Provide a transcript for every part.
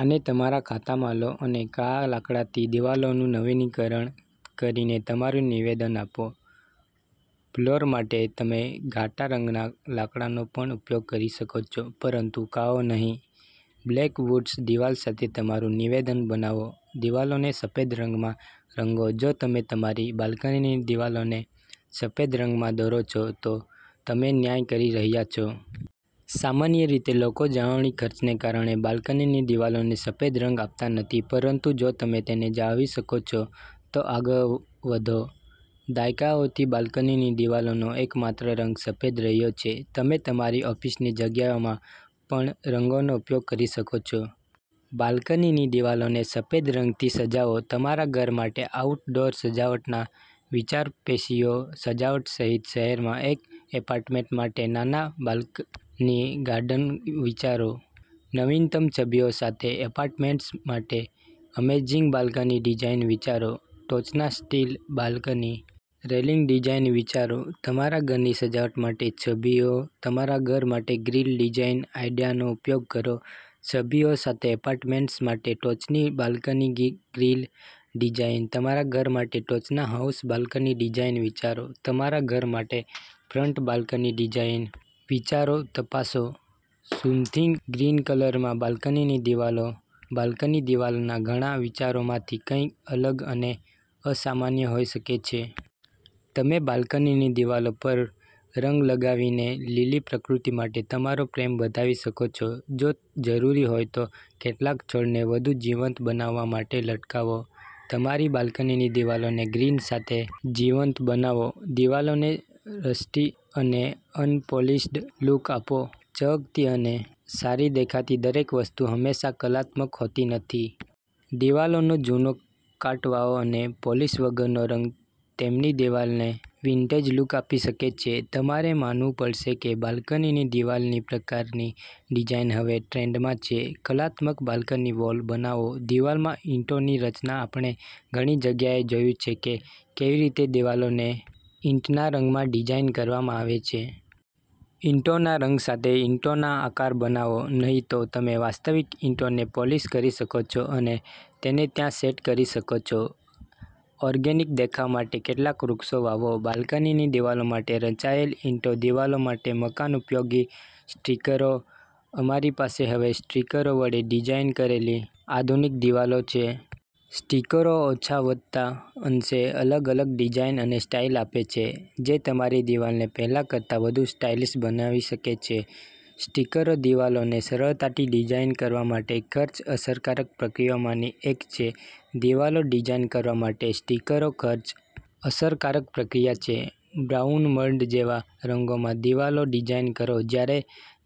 આને તમારા ખાતામાં લો અને કાળા લાકડાથી દિવાલોનું નવીનીકરણ કરીને તમારું નિવેદન આપો. ફ્લોર માટે, તમે ઘાટા રંગના લાકડાનો પણ ઉપયોગ કરી શકો છો, પરંતુ કાળો નહીં. બ્લેક વૂડ્સ દિવાલ સાથે તમારું નિવેદન બનાવો દિવાલોને સફેદ રંગમાં રંગો જો તમે તમારી બાલ્કનીની દિવાલોને સફેદ રંગમાં દોરો છો, તો તમે ન્યાય કરી રહ્યાં છો. સામાન્ય રીતે, લોકો જાળવણી ખર્ચને કારણે બાલ્કનીની દિવાલોને સફેદ રંગ આપતા નથી, પરંતુ જો તમે તેને જાળવી શકો છો, તો આગળ વધો. દાયકાઓથી બાલ્કનીની દિવાલોનો એકમાત્ર રંગ સફેદ રહ્યો છે. તમે તમારી ઓફિસની જગ્યાઓમાં પણરંગનો ઉપયોગ કરી શકો છો. બાલ્કનીની દિવાલોને સફેદ રંગથી સજાવો તમારા ઘર માટે આઉટડોર સજાવટના વિચારોપેશિયો સજાવટ સહિત, શહેરમાં એક એપાર્ટમેન્ટ માટે નાના બાલ્કની ગાર્ડન વિચારો, નવીનતમ છબીઓ સાથે એપાર્ટમેન્ટ્સ માટે અમેઝિંગ બાલ્કની ડિઝાઇન વિચારો, ટોચના સ્ટીલ બાલ્કની રેલિંગ ડિઝાઇન વિચારોતમારા ઘરની સજાવટ માટે છબીઓ, તમારા ઘર માટેગ્રીલ ડિઝાઇન આઇડિયાનો ઉપયોગ કરો, છબીઓ સાથે એપાર્ટમેન્ટ્સ માટે ટોચની બાલ્કની ગ્રીલ ડિઝાઇન, તમારા ઘર માટે ટોચના હાઉસ બાલ્કની ડિઝાઇન વિચારો, તમારા ઘર માટેફ્રન્ટ બાલ્કની ડિઝાઇન વિચારો તપાસો, સુથિંગ ગ્રીન કલરમાં બાલ્કનીની દિવાલો બાલ્કની દિવાલના ઘણા વિચારોમાંથીકંઈક અલગ અને અસામાન્ય હોઈ શકે છે. તમે બાલ્કનીની દિવાલો પરરંગ લગાવીને લીલી પ્રકૃતિ માટે તમારો પ્રેમ બતાવી શકો છો. જો જરૂરી હોય તો કેટલાક છોડને વધુ જીવંત બનાવવા માટે લટકાવો. તમારી બાલ્કનીની દિવાલોને ગ્રીન સાથે જીવંત બનાવો દિવાલોને રસ્ટી અને અનપોલિશ્ડ લુક આપો ચળકતી અને સારી દેખાતી દરેક વસ્તુ હંમેશા કલાત્મક હોતી નથી. દિવાલોનો જૂનો કાટવાળો અને પોલીશ વગરનો રંગ તેમની દિવાલને વિન્ટેજ લુક આપી શકે છે. તમારે માનવું પડશે કે બાલ્કનીની દિવાલનીપ્રકારની ડિઝાઇન હવે ટ્રેન્ડમાં છે. કલાત્મક બાલ્કની વોલ બનાવો દિવાલમાં ઇંટોની રચના આપણે ઘણી જગ્યાએ જોયું છે કે કેવી રીતે દિવાલોને ઈંટના રંગમાં ડિઝાઇન કરવામાં આવે છે. ઇંટોના રંગ સાથે ઇંટોનો આકાર બનાવો, નહીં તો તમે વાસ્તવિક ઇંટોને પોલિશ કરી શકો છો અને તેને ત્યાં સેટ કરી શકો છો. ઓર્ગેનિક દેખાવા માટે કેટલાક વૃક્ષો વાવો. બાલ્કનીની દિવાલો માટે રચાયેલ ઇંટો દિવાલો માટે મહાન ઉપયોગી સ્ટીકરો અમારી પાસે હવે સ્ટીકરો વડે ડિઝાઇન કરેલી આધુનિક દિવાલો છે. સ્ટીકરો ઓછાવત્તા અંશે અલગ અલગ ડિઝાઈન અને સ્ટાઈલ આપે છે, જે તમારી દિવાલને પહેલા કરતા વધુ સ્ટાઇલિશ બનાવી શકે છે. સ્ટીકરોદિવાલોને સરળતાથી ડિઝાઇન કરવા માટે ખર્ચ-અસરકારક પ્રક્રિયાઓમાંની એક છે. દિવાલો ડિઝાઇન કરવા માટે સ્ટીકરો ખર્ચ-અસરકારક પ્રક્રિયા છે બ્રાઉન મડ-જેવા રંગમાં દિવાલો ડિઝાઇન કરો જ્યારે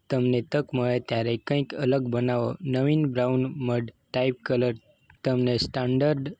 તમને તક મળે ત્યારે કંઈક અલગ બનાવો. નવીન બ્રાઉન મડ-ટાઈપ કલર તમને સ્ટાન્ડર્ડ